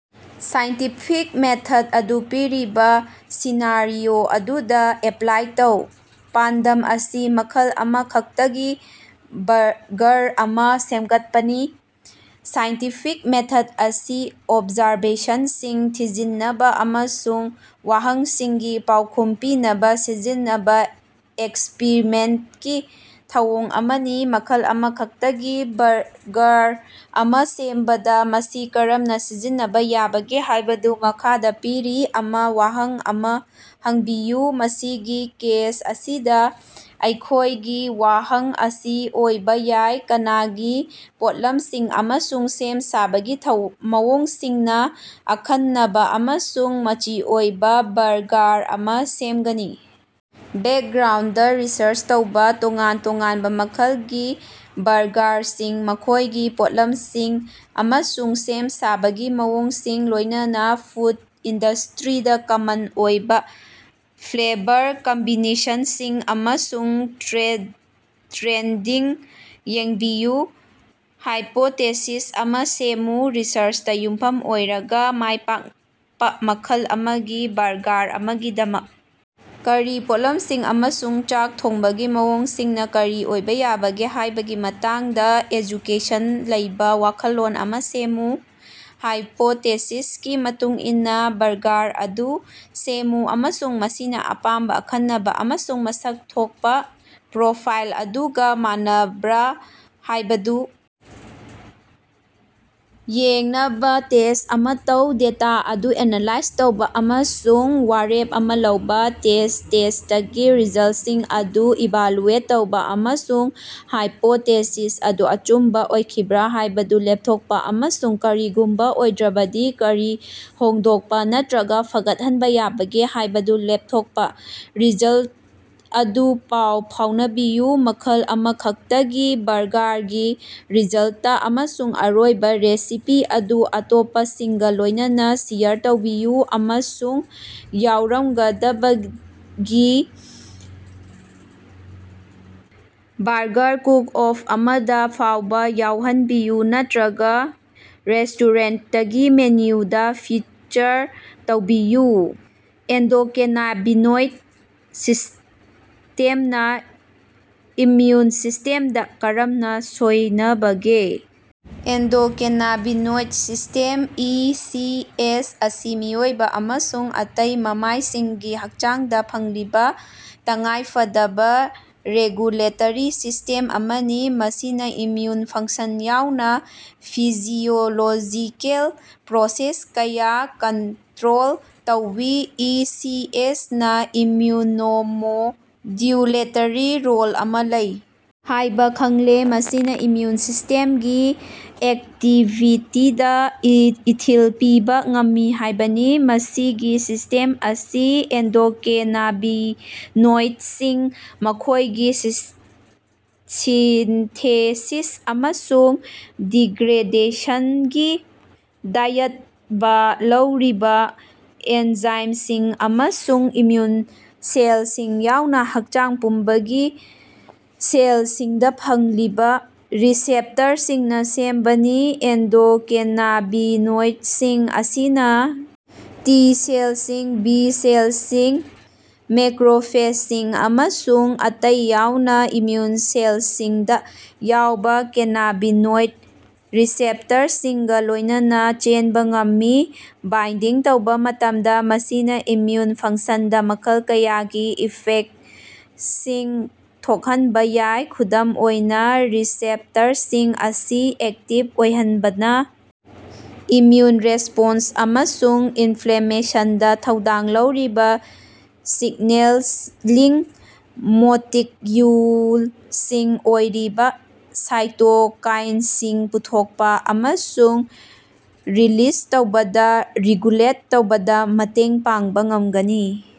Scientific ꯃꯦꯊꯗ ꯑꯗꯨ ꯄꯤꯔꯤꯕ ꯁꯤꯅꯥꯔꯤꯑꯣ ꯑꯗꯨꯗ ꯑꯦꯄ꯭ꯂꯥꯏ ꯇꯧ꯫ ꯄꯥꯟꯗꯝ ꯑꯁꯤ ꯃꯈꯜ ꯑꯃꯈꯛꯇꯒꯤ ꯕꯔꯒꯔ ꯑꯃ ꯁꯦꯝꯒꯠꯄꯅꯤ꯫ ꯁꯥꯏꯟꯇꯤꯐꯤꯛ ꯃꯦꯊꯗ ꯑꯁꯤ ꯑꯣꯕꯖꯥꯔꯕꯦꯁꯟꯁꯤꯡ ꯊꯤꯖꯤꯟꯅꯕ ꯑꯃꯁꯨꯡ ꯋꯥꯍꯪꯁꯤꯡꯒꯤ ꯄꯥꯎꯈꯨꯝ ꯄꯤꯅꯕ ꯁꯤꯖꯤꯟꯅꯕ ꯑꯦꯛꯁ꯭ꯄꯔꯤꯃꯦꯟꯇꯀꯤ ꯊꯧꯑꯣꯡ ꯑꯃꯅꯤ꯫ ꯃꯈꯜ ꯑꯃꯈꯛꯇꯒꯤ ꯕꯔꯒꯥꯔ ꯑꯃ ꯁꯦꯝꯕꯗ ꯃꯁꯤ ꯀꯔꯝꯅ ꯁꯤꯖꯤꯟꯅꯕ ꯌꯥꯕꯒꯦ ꯍꯥꯏꯕꯗꯨ ꯃꯈꯥꯗ ꯄꯤꯔꯤ ꯑꯃ ꯋꯥꯍꯪ ꯑꯃ ꯍꯪꯕꯤꯌꯨ꯫ ꯃꯁꯤꯒꯤ ꯀꯦꯁ ꯑꯁꯤꯗ ꯑꯩꯈꯣꯌꯒꯤ ꯋꯥꯍꯪ ꯑꯁꯤ ꯑꯣꯏꯕ ꯌꯥꯏ: "ꯀꯅꯥꯒꯤ ꯄꯣꯠꯂꯝꯁꯤꯡ ꯑꯃꯁꯨꯡ ꯁꯦꯝ ꯁꯥꯕꯒꯤ ꯃꯑꯣꯡꯁꯤꯡꯅ ꯑꯈꯟꯅꯕ ꯑꯃꯁꯨꯡ ꯃꯆꯤ ꯑꯣꯏꯕ ꯕꯔꯒꯥꯔ ꯑꯃ ꯁꯦꯝꯒꯅꯤ꯫"? ꯕꯦꯛꯒ꯭ꯔꯥꯎꯟꯗ ꯔꯤꯁꯔꯆ ꯇꯧꯕ꯫ ꯇꯣꯉꯥꯟ ꯇꯣꯉꯥꯟꯕ ꯃꯈꯜꯒꯤ ꯕꯔꯒꯥꯔꯁꯤꯡ, ꯃꯈꯣꯏꯒꯤ ꯄꯣꯠꯂꯝꯁꯤꯡ, ꯑꯃꯁꯨꯡ ꯁꯦꯝ ꯁꯥꯕꯒꯤ ꯃꯑꯣꯡꯁꯤꯡ, ꯂꯣꯏꯅꯅ ꯐꯨꯗ ꯏꯟꯗꯁꯇꯔꯤꯗꯥ ꯀꯃꯟ ꯑꯣꯏꯕ ꯐ꯭ꯂꯦꯕꯔ ꯀꯝꯕꯤꯅꯦꯁꯟꯁꯤꯡ ꯑꯃꯁꯨꯡ ꯇ꯭ꯔꯦꯟꯗꯁꯤꯡ ꯌꯦꯡꯕꯤꯌꯨ꯫ ꯍꯥꯏꯄꯣꯇꯦꯁꯤꯁ ꯑꯃ ꯁꯦꯝꯃꯨ꯫ ꯔꯤꯁꯔꯆꯇ ꯌꯨꯝꯐꯝ ꯑꯣꯏꯔꯒ, ꯃꯥꯏꯄꯥꯛꯄ ꯃꯈꯜ ꯑꯃꯒꯤ ꯕꯔꯒꯥꯔ ꯑꯃꯒꯤꯗꯃꯛ ꯀꯔꯤ ꯄꯣꯠꯂꯝꯁꯤꯡ ꯑꯃꯁꯨꯡ ꯆꯥꯛ ꯊꯣꯡꯕꯒꯤ ꯃꯑꯣꯡꯁꯤꯡꯅ ꯀꯔꯤ ꯑꯣꯏꯕ ꯌꯥꯕꯒꯦ ꯍꯥꯏꯕꯒꯤ ꯃꯇꯥꯡꯗ ꯑꯦꯖꯨꯀꯦꯁꯟ ꯂꯩꯕ ꯋꯥꯈꯜꯂꯣꯟ ꯑꯃ ꯁꯦꯝꯃꯨ꯫ ꯍꯥꯏꯄꯣꯇꯦꯁꯤꯁꯀꯤ ꯃꯇꯨꯡ ꯏꯟꯅ ꯕꯔꯒꯥꯔ ꯑꯗꯨ ꯁꯦꯝꯃꯨ ꯑꯃꯁꯨꯡ ꯃꯁꯤꯅ ꯑꯄꯥꯝꯕ ꯑꯈꯟꯅꯕ ꯑꯃꯁꯨꯡ ꯃꯁꯛ ꯊꯣꯛꯄ ꯄ꯭ꯔꯣꯐꯥꯏꯜ ꯑꯗꯨꯒ ꯃꯥꯟꯅꯕ꯭ꯔ ꯍꯥꯏꯕꯗꯨ ꯌꯦꯡꯅꯕ ꯇꯦꯁ꯭ꯠ ꯑꯃ ꯇꯧ꯫ ꯗꯦꯇꯥ ꯑꯗꯨ ꯑꯦꯅꯥꯂꯥꯏꯖ ꯇꯧꯕ ꯑꯃꯁꯨꯡ ꯋꯥꯔꯦꯞ ꯑꯃ ꯂꯧꯕ꯫ ꯇꯦꯁ꯭ꯠ ꯇꯦꯁ꯭ꯇꯀꯤ ꯔꯤꯖꯜꯁꯤꯡ ꯑꯗꯨ ꯏꯚꯥꯂꯨꯑꯦꯠ ꯇꯧꯕ ꯑꯃꯁꯨꯡ ꯍꯥꯏꯄꯣꯇꯦꯁꯤꯁ ꯑꯗꯨ ꯑꯆꯨꯝꯕ ꯑꯣꯏꯈꯤꯕ꯭ꯔ ꯍꯥꯏꯕꯗꯨ ꯂꯦꯞꯊꯣꯛꯄ, ꯑꯃꯁꯨꯡ ꯀꯔꯤꯒꯨꯝꯕ ꯑꯣꯏꯗ꯭ꯔꯕꯗꯤ ꯀꯔꯤ ꯍꯣꯡꯗꯣꯛꯄ ꯅꯠꯇꯔꯒ ꯐꯒꯠꯍꯟꯕ ꯌꯥꯕꯒꯦ ꯍꯥꯏꯕꯗꯨ ꯂꯦꯞꯊꯣꯛꯄ꯫ ꯔꯤꯖꯜꯇ ꯑꯗꯨ ꯄꯥꯎ ꯐꯥꯎꯅꯕꯤꯌꯨ꯫ ꯃꯈꯜ ꯑꯃꯈꯛꯇꯒꯤ ꯕꯔꯒꯥꯔꯒꯤ ꯔꯤꯖꯜꯇ ꯑꯃꯁꯨꯡ ꯑꯔꯣꯏꯕ ꯔꯦꯁꯤꯄꯤ ꯑꯗꯨ ꯑꯇꯣꯞꯄꯁꯤꯡꯒ ꯂꯣꯏꯅꯅ ꯁꯦꯌꯔ ꯇꯧꯕꯤꯌꯨ, ꯑꯃꯁꯨꯡ ꯌꯥꯎꯔꯝꯒꯗꯕꯗꯤ ꯕꯔꯒꯥꯔ ꯀꯨꯛ-ꯑꯣꯐ ꯑꯃꯗ ꯐꯥꯎꯕ ꯌꯥꯎꯍꯟꯕꯤꯌꯨ ꯅꯠꯇꯔꯒ ꯔꯦꯁ꯭ꯇꯣꯔꯦꯟꯇꯀꯤ ꯃꯦꯅꯨꯗ ꯐꯤꯆꯔ ꯇꯧꯕꯤꯌꯨ꯫ ꯑꯦꯟꯗꯣꯀꯦꯅꯥꯕꯤꯅꯣꯏꯗ ꯁꯤꯁ꯭ꯇꯦꯝꯅ ꯏꯝꯃꯌꯨꯟ ꯁꯤꯁ꯭ꯇꯦꯝꯗ ꯀꯔꯝꯅ ꯁꯣꯏꯅꯕꯒꯦ? Endocannabinoid system (E. ꯁꯤ. ꯑꯦꯁ.) ꯑꯁꯤ ꯃꯤꯑꯣꯏꯕ ꯑꯃꯁꯨꯡ ꯑꯇꯩ ꯃꯃꯥꯏꯁꯤꯡꯒꯤ ꯍꯛꯆꯥꯡꯗ ꯐꯪꯂꯤꯕ ꯇꯉꯥꯏꯐꯗꯕ ꯔꯦꯒꯨꯂꯦꯇꯔꯤ ꯁꯤꯁ꯭ꯇꯦꯝ ꯑꯃꯅꯤ꯫ ꯃꯁꯤꯅ ꯏꯝꯃ꯭ꯌꯨꯟ ꯐꯪꯁꯟ ꯌꯥꯎꯅ ꯐꯤꯖꯤꯑꯣꯂꯣꯖꯤꯀꯦꯜ ꯄ꯭ꯔꯣꯁꯦꯁ ꯀꯌꯥ ꯀꯟꯇ꯭ꯔꯣꯜ ꯇꯧꯏ꯫ ꯏ. ꯁꯤ. ꯑꯦꯁ. ꯅꯥ ꯏꯝꯃ꯭ꯌꯨꯅꯣꯃꯣꯗ꯭ꯌꯨꯂꯦꯇꯔꯤ ꯔꯣꯜ ꯑꯃ ꯂꯩ ꯍꯥꯏꯕ ꯈꯪꯂꯦ, ꯃꯁꯤꯅ ꯏꯝꯃꯌꯨꯟ ꯁꯤꯁ꯭ꯇꯦꯝꯒꯤ ꯑꯦꯛꯇꯤꯚꯤꯇꯤꯗ ꯏꯊꯤꯜ ꯄꯤꯕ ꯉꯝꯃꯤ ꯍꯥꯏꯕꯅꯤ꯫ ꯃꯁꯤꯒꯤ ꯁꯤꯁ꯭ꯇꯦꯝ ꯑꯁꯤ ꯑꯦꯟꯗꯣꯀꯦꯅꯥꯕꯤꯅꯣꯏꯗꯁꯤꯡ, ꯃꯈꯣꯏꯒꯤ ꯁꯤꯟꯊꯦꯁꯤꯁ ꯑꯃꯁꯨꯡ ꯗꯤꯒ꯭ꯔꯦꯗꯦꯁꯒꯤ ꯗꯥꯌꯠꯕ ꯂꯧꯔꯤꯕꯥ ꯑꯦꯟꯖꯥꯏꯝꯁꯤꯡ ꯑꯃꯁꯨꯡ ꯏꯝꯃꯌꯨꯟ ꯁꯦꯜꯁꯤꯡ ꯌꯥꯎꯅ ꯍꯛꯆꯥꯡ ꯄꯨꯝꯕꯒꯤ ꯁꯦꯜꯁꯤꯡꯗ ꯐꯪꯂꯤꯕ ꯔꯤꯁꯦꯞꯇꯔꯁꯤꯡꯅ ꯁꯦꯝꯕꯅꯤ꯫ ꯑꯦꯟꯗꯣꯀꯦꯅꯥꯕꯤꯅꯣꯏꯗꯁꯤꯡ ꯑꯁꯤꯅ ꯇꯤ ꯁꯦꯜꯁꯤꯡ, ꯕꯤ ꯁꯦꯜꯁꯤꯡ, ꯃꯦꯀꯔꯣꯐꯦꯖꯁꯤꯡ ꯑꯃꯁꯨꯡ ꯑꯇꯩ ꯌꯥꯎꯅ ꯏꯝꯃꯌꯨꯟ ꯁꯦꯜꯁꯤꯡꯗ ꯌꯥꯎꯕ ꯀꯦꯅꯥꯕꯤꯅꯣꯏꯗ ꯔꯤꯁꯦꯞꯇꯔꯁꯤꯡꯒ ꯂꯣꯏꯅꯅ ꯆꯦꯟꯕ ꯉꯝꯃꯤ꯫ ꯕꯥꯏꯟꯗꯤꯡ ꯇꯧꯕ ꯃꯇꯝꯗ, ꯃꯁꯤꯅ ꯏꯝꯃꯌꯨꯟ ꯐꯪꯁꯟꯗ ꯃꯈꯜ ꯀꯌꯥꯒꯤ ꯏꯐꯦꯛꯇꯁꯤꯡ ꯊꯣꯛꯍꯟꯕ ꯌꯥꯏ꯫ ꯈꯨꯗꯝ ꯑꯣꯏꯅ, ꯔꯤꯁꯦꯞꯇꯔꯁꯤꯡ ꯑꯁꯤ ꯑꯦꯛꯇꯤꯚ ꯑꯣꯏꯍꯟꯕꯅ ꯏꯝꯃꯌꯨꯟ ꯔꯦꯁꯄꯣꯟꯁ ꯑꯃꯁꯨꯡ ꯏꯟꯐ꯭ꯂꯦꯃꯦꯁꯟꯗ ꯊꯧꯗꯥꯡ ꯂꯧꯔꯤꯕ ꯁꯤꯒꯅꯦꯂꯤꯡ ꯃꯣꯂꯤꯛꯌꯨꯜꯁꯤꯡ ꯑꯣꯏꯔꯤꯕ ꯁꯥꯏꯇꯣꯀꯥꯏꯟꯁꯤꯡ ꯄꯨꯊꯣꯛꯄ ꯑꯃꯁꯨꯡ ꯔꯤꯂꯤꯖ ꯇꯧꯕꯗ ꯔꯤꯒꯨꯂꯦꯠ ꯇꯧꯕꯗ ꯃꯇꯦꯡ ꯄꯥꯡꯕ ꯉꯝꯒꯅꯤ꯫